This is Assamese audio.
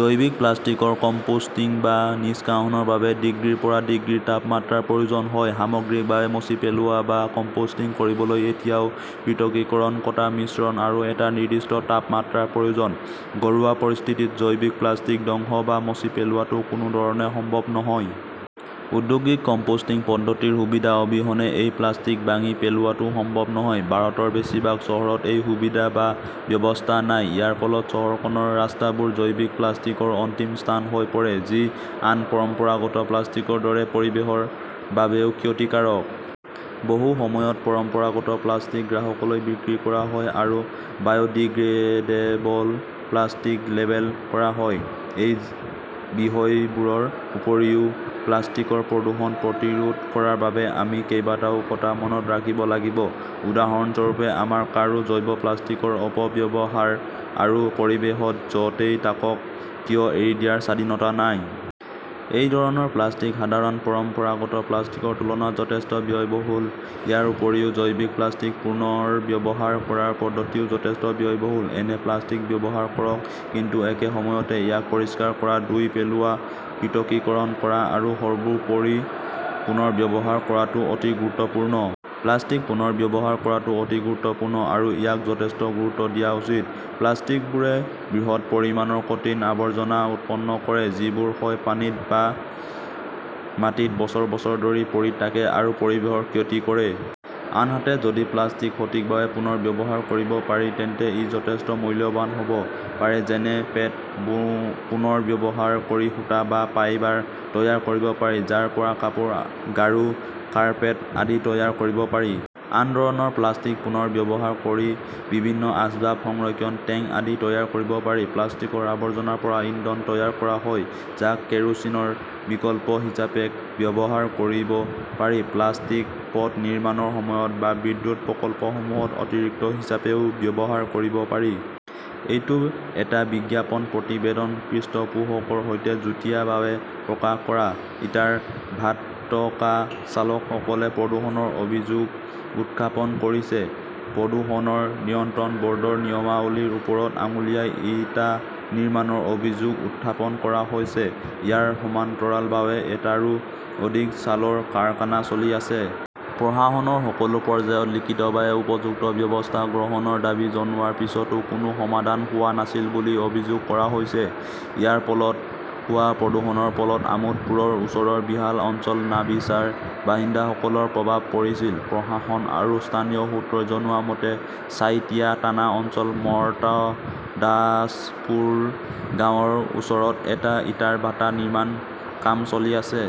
জৈৱিক প্লাষ্টিকৰ কম্পোষ্টিং বা নিষ্কাশনৰ বাবে ডিগ্ৰীৰ পৰা ডিগ্ৰীৰ তাপমাত্ৰাৰ প্ৰয়োজন হয়। সামগ্ৰিকভাৱে মচি পেলোৱা বা কম্পোষ্টিং কৰিবলৈ এতিয়াও পৃথকীকৰণ, কটা, মিশ্ৰণ আৰু এটা নিৰ্দিষ্ট তাপমাত্ৰাৰ প্ৰয়োজন। ঘৰুৱা পৰিস্থিতিত জৈৱিক প্লাষ্টিক ধ্বংস বা মচি পেলোৱাটো কোনো ধৰণে সম্ভৱ নহয়। ঔদ্যোগিক কম্পোষ্টিং পদ্ধতিৰ সুবিধা অবিহনে এই প্লাষ্টিক ভাঙি পেলোৱাটো সম্ভৱ নহয়। ভাৰতৰ বেছিভাগ চহৰত এই সুবিধা বা ব্যৱস্থা নাই। ইয়াৰ ফলত চহৰখনৰ ৰাস্তাবোৰ জৈৱিক প্লাষ্টিকৰ অন্তিম স্থান হৈ পৰে। যি আন পৰম্পৰাগত প্লাষ্টিকৰ দৰে পৰিৱেশৰ বাবেও ক্ষতিকাৰক। বহু সময়ত পৰম্পৰাগত প্লাষ্টিক গ্ৰাহকলৈ বিক্ৰী কৰা হয় আৰু বায়ডিগ্ৰেডেবল প্লাষ্টিক লেবেল কৰা হয়। এই বিষয়বোৰৰ উপৰিও প্লাষ্টিকৰ প্ৰদূষণ প্ৰতিৰোধ কৰাৰ বাবে আমি কেইবাটাও কথা মনত ৰাখিব লাগিব। উদাহৰণস্বৰূপে, আমাৰ কাৰো জৈৱ-প্লাষ্টিকৰ অপব্যৱহাৰ আৰু পৰিৱেশত য 'তেই থাকক কিয় এৰি দিয়াৰ স্বাধীনতা নাই। এই ধৰণৰ প্লাষ্টিক সাধাৰণ পৰম্পৰাগত প্লাষ্টিকৰ তুলনাত যথেষ্ট ব্যয়বহুল। ইয়াৰ উপৰিও জৈৱিক প্লাষ্টিক পুনৰ্ব্যৱহাৰ কৰাৰ পদ্ধতিও যথেষ্ট ব্যয়বহুল। এনে প্লাষ্টিক ব্যৱহাৰ কৰক। কিন্তু একে সময়তে ইয়াক পৰিষ্কাৰ কৰা, ধুই পেলোৱা, পৃথকীকৰণ কৰা আৰু সৰ্বোপৰি পুনৰ ব্যৱহাৰ কৰাটো অতি গুৰুত্বপূৰ্ণ। প্লাষ্টিক পুনৰ ব্যৱহাৰ কৰাটো অতি গুৰুত্বপূৰ্ণ আৰু ইয়াক যথেষ্ট গুৰুত্ব দিয়া উচিত। প্লাষ্টিকবোৰে বৃহৎ পৰিমাণৰ কঠিন আৱৰ্জনা উৎপন্ন কৰে যিবোৰ হয় পানীত বা মাটিত বছৰ বছৰ ধৰি পৰি থাকে আৰু পৰিৱেশৰ ক্ষতি কৰে। আনহাতে, যদি প্লাষ্টিক সঠিকভাৱে পুনৰ ব্যৱহাৰ কৰিব পাৰি তেন্তে ই যথেষ্ট মূল্যৱান হ 'ব পাৰে। যেনে পেট পুনৰ ব্যৱহাৰ কৰি সূতা বা ফাইবাৰ তৈয়াৰ কৰিব পাৰি, যাৰ পৰা কাপোৰ, গাৰু, কাৰ্পেট আদি তৈয়াৰ কৰিব পাৰি। আন ধৰণৰ প্লাষ্টিক পুনৰ ব্যৱহাৰ কৰি বিভিন্ন আচবাব, সংৰক্ষণ টেংক আদি তৈয়াৰ কৰিব পাৰি। প্লাষ্টিকৰ আৱৰ্জনাৰ পৰা ইন্ধন তৈয়াৰ কৰা হয়, যাক কেৰোচিনৰ বিকল্প হিচাপে ব্যৱহাৰ কৰিব পাৰি। প্লাষ্টিক পথ নিৰ্মাণৰ সময়ত বা বিদ্যুৎ প্ৰকল্পসমূহত অতিৰিক্ত হিচাপেও ব্যৱহাৰ কৰিব পাৰি। এইটো এটা বিজ্ঞাপন প্ৰতিবেদন। পৃষ্ঠপোষকৰ সৈতে যুটীয়াভাৱে প্ৰকাশ কৰা। ইটাৰ ভাটকা-চালকসকলে প্ৰদূষণৰ অভিযোগ উত্থাপন কৰিছে প্ৰদূষণ নিয়ন্ত্ৰণ বৰ্ডৰ নিয়মাৱলীৰ ওপৰত আঙুলিয়াই ইটা নিৰ্মাণৰ অভিযোগ উত্থাপন কৰা হৈছে। ইয়াৰ সমান্তৰালভাৱে এটাৰো অধিক চালৰ কাৰখানা চলি আছে। প্ৰশাসনৰ সকলো পৰ্যায়ত লিখিতভাৱে উপযুক্ত ব্যৱস্থা গ্ৰহণৰ দাবী জনোৱাৰ পিছতো কোনো সমাধান হোৱা নাছিল বুলি অভিযোগ কৰা হৈছে। ইয়াৰ ফলত হোৱা প্ৰদূষণৰ ফলত আমোদপুৰৰ ওচৰৰ বিশাল অঞ্চলত নাভিছাৰ বাসিন্দাসকলৰ প্ৰভাৱ পৰিছিল। প্ৰশাসন আৰু স্থানীয় সূত্ৰই জনোৱা মতে, ছাইথিয়া থানা অঞ্চলৰ মৰ্তদাসপুৰ গাঁৱৰ ওচৰত এটা ইটাৰ ভাটা নিৰ্মাণৰ কাম চলি আছে।